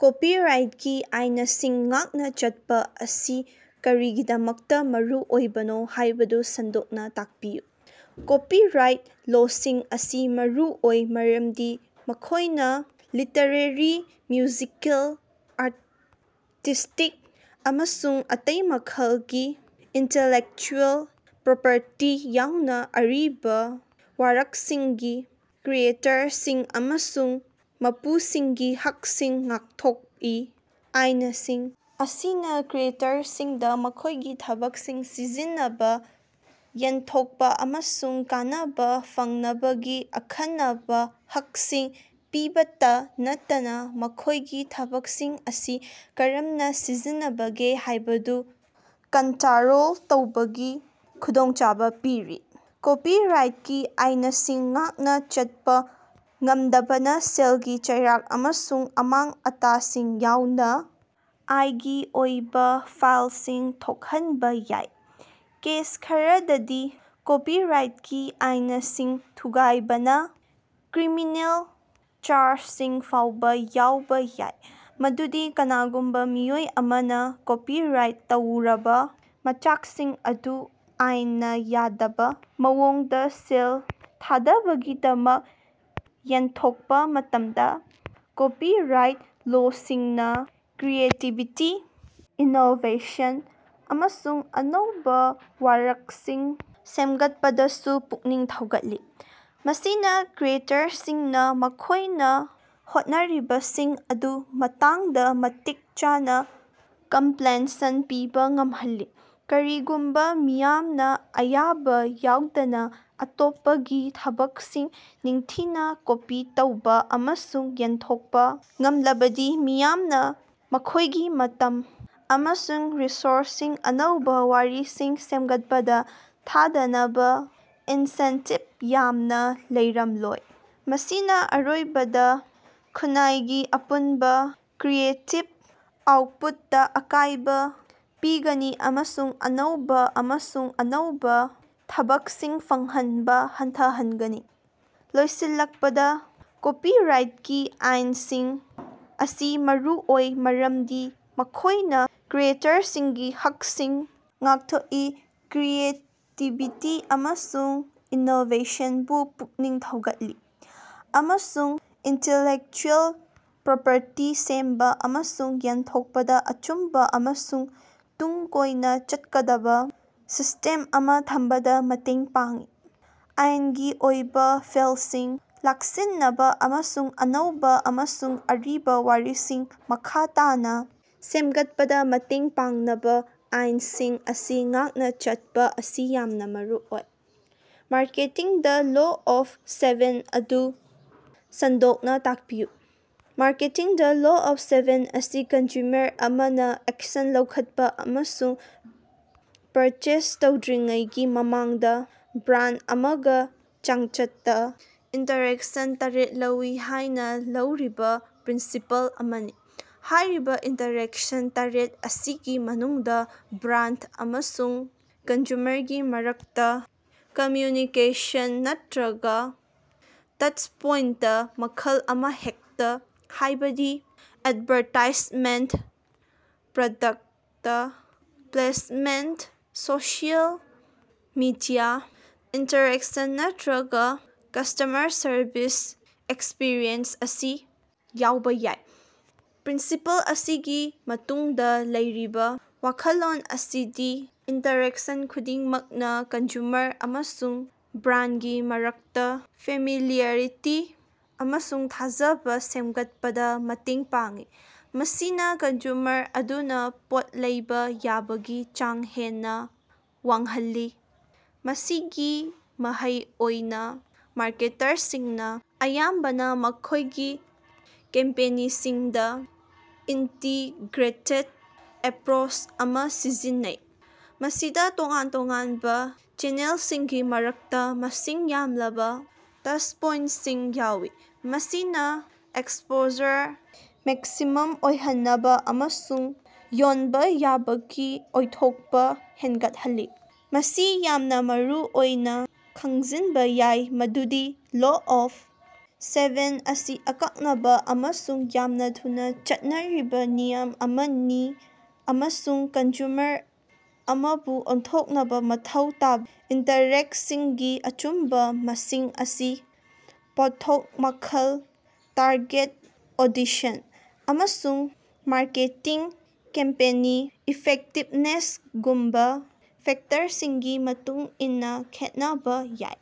ꯀꯣꯄꯤꯔꯥꯏꯠꯀꯤ ꯑꯥꯏꯅꯁꯤꯡ ꯉꯥꯛꯅ ꯆꯠꯄꯥ ꯑꯁꯤ ꯀꯔꯤꯒꯤꯗꯃꯛꯇꯥ ꯃꯔꯨꯑꯣꯏꯕꯅꯣ ꯍꯥꯏꯕꯗꯨ ꯁꯟꯗꯣꯛꯅꯥ ꯇꯥꯛꯄꯤꯌꯨ꯫ ꯀꯣꯄꯤꯔꯥꯏꯠ ꯂꯣꯁꯤꯡ ꯑꯁꯤ ꯃꯔꯨꯑꯣꯏ ꯃꯔꯝꯗꯤ ꯃꯈꯣꯏꯅꯥ ꯂꯤꯇꯔꯦꯔꯤ, ꯃ꯭ꯌꯨꯖꯤꯀꯦꯜ, ꯑꯥꯔꯇꯤꯁ꯭ꯇꯤꯛ, ꯑꯃꯁꯨꯡ ꯑꯇꯩ ꯃꯈꯜꯒꯤ ꯏꯟꯇꯦꯂꯦꯛꯆꯨꯑꯦꯜ ꯄ꯭ꯔꯣꯄꯔꯇꯤ ꯌꯥꯎꯅ ꯑꯔꯤꯕ ꯋꯥꯔꯛꯁꯤꯡꯒꯤ ꯀ꯭ꯔꯤꯌꯦꯇꯔꯁꯤꯡ ꯑꯃꯁꯨꯡ ꯃꯄꯨꯁꯤꯡꯒꯤ ꯍꯛꯁꯤꯡ ꯉꯥꯛꯊꯣꯛꯏ꯫ ꯑꯥꯏꯅꯁꯤꯡ ꯑꯁꯤꯅ ꯀ꯭ꯔꯤꯌꯦꯇꯔꯁꯤꯡꯗ ꯃꯈꯣꯏꯒꯤ ꯊꯕꯛꯁꯤꯡ ꯁꯤꯖꯤꯟꯅꯕꯥ, ꯌꯦꯟꯊꯣꯛꯄꯥ ꯑꯃꯁꯨꯡ ꯀꯥꯟꯅꯕꯥ ꯐꯪꯅꯕꯒꯤ ꯑꯈꯟꯅꯕꯥ ꯍꯛꯁꯤꯡ ꯄꯤꯕꯇꯥ ꯅꯠꯇꯅꯥ ꯃꯈꯣꯏꯒꯤ ꯊꯕꯛꯁꯤꯡ ꯑꯁꯤ ꯀꯔꯝꯅꯥ ꯁꯤꯖꯤꯟꯅꯕꯒꯦ ꯍꯥꯏꯕꯗꯨ ꯀꯟꯇꯔꯣꯜ ꯇꯧꯕꯒꯤ ꯈꯨꯗꯣꯡꯆꯥꯕ ꯄꯤꯔꯤ꯫ ꯀꯣꯄꯤꯔꯥꯏꯠꯀꯤ ꯑꯥꯏꯅꯁꯤꯡ ꯉꯥꯛꯅꯥ ꯆꯠꯄꯥ ꯉꯝꯗꯕꯅꯥ ꯁꯦꯜꯒꯤ ꯆꯩꯔꯥꯛ ꯑꯃꯁꯨꯡ ꯑꯃꯥꯡ-ꯑꯇꯥꯁꯤꯡ ꯌꯥꯎꯅ ꯑꯥꯏꯒꯤ ꯑꯣꯏꯕꯥ ꯐꯥꯏꯜꯁꯤꯡ ꯊꯣꯛꯍꯟꯕꯥ ꯌꯥꯏ꯫ ꯀꯦꯁ ꯈꯔꯗꯗꯤ, ꯀꯣꯄꯤꯔꯥꯏꯇꯀꯤ ꯑꯥꯏꯅꯁꯤꯡ ꯊꯨꯒꯥꯏꯕꯅꯥ ꯀ꯭ꯔꯤꯃꯤꯅꯦꯜ ꯆꯥꯔꯖꯁꯤꯡ ꯐꯥꯎꯕ ꯌꯥꯎꯕ ꯌꯥꯏ, ꯃꯗꯨꯗꯤ ꯀꯅꯥꯒꯨꯝꯕ ꯃꯤꯑꯣꯏ ꯑꯃꯅ ꯀꯣꯄꯤꯔꯥꯏꯠ ꯇꯧꯔꯕ ꯃꯆꯥꯛꯁꯤꯡ ꯑꯗꯨ ꯑꯥꯏꯟꯅ ꯌꯥꯗꯕ ꯃꯑꯣꯡꯗ ꯁꯦꯜ ꯊꯥꯗꯕꯒꯤꯗꯃꯛ ꯌꯦꯟꯊꯣꯛꯄꯥ ꯃꯇꯝꯗ꯫ ꯀꯣꯄꯤꯔꯥꯏꯠ ꯂꯣꯁꯤꯡꯅ ꯀ꯭ꯔꯤꯌꯦꯇꯤꯕꯤꯇꯤ, ꯏꯅꯣꯕꯦꯁꯟ, ꯑꯃꯁꯨꯡ ꯑꯅꯧꯕ ꯋꯥꯔꯛꯁꯤꯡ ꯁꯦꯝꯒꯠꯄꯗꯁꯨ ꯄꯨꯛꯅꯤꯡ ꯊꯧꯒꯠꯂꯤ, ꯃꯁꯤꯅ ꯀ꯭ꯔꯤꯌꯦꯇꯔꯁꯤꯡꯅ ꯃꯈꯣꯏꯅ ꯍꯣꯠꯅꯔꯤꯕꯁꯤꯡ ꯑꯗꯨꯒꯤ ꯃꯇꯥꯡꯗ ꯃꯇꯤꯛ ꯆꯥꯅ ꯀꯝꯄꯦꯟꯁꯟ ꯄꯤꯕ ꯉꯝꯍꯜꯂꯤ꯫ ꯀꯔꯤꯒꯨꯝꯕꯥ ꯃꯤꯌꯥꯝꯅ ꯑꯌꯥꯕ ꯌꯥꯎꯗꯅ ꯑꯇꯣꯞꯄꯒꯤ ꯊꯕꯛꯁꯤꯡ ꯅꯤꯡꯊꯤꯅ ꯀꯣꯄꯤ ꯇꯧꯕ ꯑꯃꯁꯨꯡ ꯌꯦꯟꯊꯣꯛꯄ ꯉꯝꯂꯕꯗꯤ ꯃꯤꯌꯥꯝꯅ ꯃꯈꯣꯏꯒꯤ ꯃꯇꯝ ꯑꯃꯁꯨꯡ ꯔꯤꯁꯣꯔꯁꯁꯤꯡ ꯑꯅꯧꯕ ꯋꯥꯔꯤꯁꯤꯡ ꯁꯦꯝꯒꯠꯄꯗꯥ ꯊꯥꯗꯅꯕꯥ ꯏꯟꯁꯦꯟꯇꯤꯕ ꯌꯥꯝꯅ ꯂꯩꯔꯝꯂꯣꯏ꯫ ꯃꯁꯤꯅ ꯑꯔꯣꯏꯕꯗꯥ ꯈꯨꯟꯅꯥꯏꯒꯤ ꯑꯄꯨꯟꯕꯥ ꯀ꯭ꯔꯤꯌꯦꯇꯤꯕ ꯑꯥꯎꯠꯄꯨꯠꯇ ꯑꯀꯥꯏꯕ ꯄꯤꯒꯅꯤ ꯑꯃꯁꯨꯡ ꯑꯅꯧꯕ ꯑꯃꯁꯨꯡ ꯑꯅꯧꯕ ꯊꯕꯛꯁꯤꯡ ꯐꯪꯍꯟꯕ ꯍꯟꯊꯍꯟꯒꯅꯤ꯫ ꯂꯣꯏꯁꯤꯜꯂꯛꯄꯗ, ꯀꯣꯄꯤꯔꯥꯏꯠꯀꯤ ꯑꯥꯏꯟꯁꯤꯡ ꯑꯁꯤ ꯃꯔꯨꯑꯣꯏ ꯃꯔꯝꯗꯤ ꯃꯈꯣꯏꯅ ꯀ꯭ꯔꯤꯌꯦꯇꯔꯁꯤꯡꯒꯤ ꯍꯛꯁꯤꯡ ꯉꯥꯛꯊꯣꯛꯏ, ꯀ꯭ꯔꯤꯌꯦꯇꯤꯕꯤꯇꯤ ꯑꯃꯁꯨꯡ ꯏꯅꯣꯕꯦꯁꯟꯕꯨ ꯄꯨꯛꯅꯤꯡ ꯊꯧꯒꯠꯂꯤ, ꯑꯃꯁꯨꯡ ꯏꯟꯇꯦꯂꯦꯛꯆꯨꯑꯦꯜ ꯄ꯭ꯔꯣꯄꯔꯇꯤ ꯁꯦꯝꯕꯥ ꯑꯃꯁꯨꯡ ꯌꯦꯟꯊꯣꯛꯄꯗ ꯑꯆꯨꯝꯕ ꯑꯃꯁꯨꯡ ꯇꯨꯡ ꯀꯣꯏꯅ ꯆꯠꯀꯗꯕꯥ ꯁꯤꯁ꯭ꯇꯦꯝ ꯑꯃ ꯊꯝꯕꯗꯥ ꯃꯇꯦꯡ ꯄꯥꯡꯏ꯫ ꯑꯥꯏꯟꯒꯤ ꯑꯣꯏꯕ ꯐꯦꯜꯁꯤꯡ ꯂꯥꯛꯁꯤꯟꯅꯕꯥ ꯑꯃꯁꯨꯡ ꯑꯅꯧꯕ ꯑꯃꯁꯨꯡ ꯑꯔꯤꯕ ꯋꯥꯔꯤꯁꯤꯡ ꯃꯈꯥ ꯇꯥꯅ ꯁꯦꯝꯒꯠꯄꯗꯥ ꯃꯇꯦꯡ ꯄꯥꯡꯅꯕꯥ ꯑꯥꯏꯟꯁꯤꯡ ꯑꯁꯤ ꯉꯥꯛꯅ ꯆꯠꯄꯥ ꯑꯁꯤ ꯌꯥꯝꯅ ꯃꯔꯨꯑꯣꯏ꯫ ꯃꯥꯔꯀꯦꯇꯤꯡꯗꯥ ꯂꯣ ꯑꯣꯐ ꯁꯦꯚꯦꯟ ꯑꯗꯨ ꯁꯟꯗꯣꯛꯅ ꯇꯥꯛꯄꯤꯌꯨ꯫ ꯃꯥꯔꯀꯦꯇꯤꯡꯗꯥ ꯂꯣ ꯑꯣꯐ ꯁꯦꯚꯦꯟ ꯑꯁꯤ ꯀꯟꯖꯨꯃꯔ ꯑꯃꯅ ꯑꯦꯛꯁꯟ ꯂꯧꯈꯠꯄꯥ ꯑꯃꯁꯨꯡ ꯄꯔꯆꯦꯖ ꯇꯧꯗ꯭ꯔꯤꯉꯩꯒꯤ ꯃꯃꯥꯡꯗ ꯕ꯭ꯔꯥꯟꯗ ꯑꯃꯒ ꯆꯥꯡꯆꯠꯇꯥ ꯏꯟꯇꯔꯦꯛꯁꯟ ꯇꯔ‌ꯦꯠ ꯂꯧꯏ ꯍꯥꯏꯅꯥ ꯂꯧꯔꯤꯕꯥ ꯄ꯭ꯔꯤꯟꯁꯤꯄꯜ ꯑꯃꯅꯤ꯫ ꯍꯥꯏꯔꯤꯕꯥ ꯏꯟꯇꯔꯦꯛꯁꯟ ꯇꯔ‌ꯦꯠ ꯑꯁꯤꯒꯤ ꯃꯅꯨꯡꯗꯥ ꯕ꯭ꯔꯥꯟꯗ ꯑꯃꯁꯨꯡ ꯀꯟꯖꯨꯃꯔꯒꯤ ꯃꯔꯛꯇꯥ ꯀꯝꯃꯌꯨꯅꯤꯀꯦꯁꯟ ꯅꯠꯇꯔꯒ ꯇꯁꯠꯄꯣꯏꯟꯇ ꯃꯈꯜ ꯑꯃꯍꯦꯛꯇ, ꯍꯥꯏꯕꯗꯤ advertisement, product placement, social media interaction ꯅꯠꯇꯔꯒ ꯀꯁ꯭ꯇꯃꯔ ꯁꯔꯚꯤꯁ ꯑꯦꯛꯁꯄꯤꯔꯤꯑꯦꯟꯁ ꯑꯁꯤ ꯌꯥꯎꯕ ꯌꯥꯏ꯫ ꯄ꯭ꯔꯤꯟꯁꯤꯄꯜ ꯑꯁꯤꯒꯤ ꯃꯇꯨꯡꯗꯥ ꯂꯩꯔꯤꯕ ꯋꯥꯈꯜꯂꯣꯟ ꯑꯁꯤꯗꯤ ꯏꯟꯇꯔꯦꯛꯁꯟ ꯈꯨꯗꯤꯡꯃꯛꯅꯥ ꯀꯟꯖꯨꯃꯔ ꯑꯃꯁꯨꯡ ꯕ꯭ꯔꯥꯟꯗꯒꯤ ꯃꯔꯛꯇꯥ ꯐꯦꯃꯤꯂꯤꯌꯔꯤꯇꯤ ꯑꯃꯁꯨꯡ ꯊꯥꯖꯕ ꯁꯦꯝꯒꯠꯄꯗꯥ ꯃꯇꯦꯡ ꯄꯥꯡꯏ, ꯃꯁꯤꯅ ꯀꯟꯖꯨꯃꯔ ꯑꯗꯨꯅ ꯄꯣꯠ ꯂꯩꯕ ꯌꯥꯕꯒꯤ ꯆꯥꯡ ꯍꯦꯟꯅꯥ ꯋꯥꯡꯍꯜꯂꯤ꯫ ꯃꯁꯤꯒꯤ ꯃꯍꯩ ꯑꯣꯏꯅꯥ, ꯃꯥꯔꯀꯦꯇꯔꯁꯤꯡꯅꯥ ꯑꯌꯥꯝꯕꯅ ꯃꯈꯣꯏꯒꯤ ꯀꯦꯝꯄꯦꯅꯤꯁꯤꯡꯗꯥ ꯏꯟꯇꯤꯒ꯭ꯔꯦꯇꯦꯠ ꯑꯦꯄꯔꯣꯆ ꯑꯃ ꯁꯤꯖꯤꯟꯅꯩ, ꯃꯁꯤꯗꯥ ꯇꯣꯉꯥꯟ ꯇꯣꯉꯥꯟꯕ ꯆꯦꯅꯦꯜꯁꯤꯡꯒꯤ ꯃꯔꯛꯇ ꯃꯁꯤꯡ ꯌꯥꯝꯂꯕ ꯇꯁꯠꯄꯣꯏꯟꯇꯁꯤꯡ ꯌꯥꯎꯏ, ꯃꯁꯤꯅ ꯑꯦꯛꯁꯄꯣꯖꯔ ꯃꯦꯛꯁꯤꯃꯝ ꯑꯣꯏꯍꯟꯅꯕꯥ ꯑꯃꯁꯨꯡ ꯌꯣꯟꯕꯥ ꯌꯥꯕꯒꯤ ꯑꯣꯏꯊꯣꯛꯄ ꯍꯦꯒꯠꯍꯜꯂꯤ꯫ ꯃꯁꯤ ꯌꯥꯝꯅꯥ ꯃꯔꯨꯑꯣꯏꯅꯥ ꯈꯪꯖꯤꯟꯕꯥ ꯌꯥꯏ ꯃꯗꯨꯗꯤ ꯂꯣ ꯑꯣꯐ ꯁꯦꯚꯦꯟ ꯑꯁꯤ ꯑꯀꯛꯅꯕꯥ ꯑꯃꯁꯨꯡ ꯌꯥꯝꯅ ꯊꯨꯅꯥ ꯆꯠꯅꯔꯤꯕ ꯅꯤꯌꯝ ꯑꯃꯅꯤ ꯑꯃꯁꯨꯡ ꯀꯟꯖꯨꯃꯔ ꯑꯃꯕꯨ ꯑꯣꯟꯊꯣꯛꯅꯕꯥ ꯃꯊꯧ ꯇꯥꯕ ꯏꯟꯇꯔꯦꯛꯁꯤꯡꯒꯤ ꯑꯆꯨꯝꯕꯥ ꯃꯁꯤꯡ ꯑꯁꯤ ꯄꯣꯠꯊꯣꯛ ꯃꯈꯜ, ꯇꯥꯔꯒꯦꯠ ꯑꯣꯗꯤꯁꯟ, ꯑꯃꯁꯨꯡ ꯃꯥꯔꯀꯦꯇꯤꯡ ꯀꯦꯝꯄꯦꯅꯤ ꯏꯐꯦꯛꯇꯤꯕꯅꯦꯁꯒꯨꯝꯕꯥ ꯐꯦꯛꯇꯔꯁꯤꯡꯒꯤ ꯃꯇꯨꯡ ꯏꯟꯅꯥ ꯈꯦꯠꯅꯕꯥ ꯌꯥꯏ꯫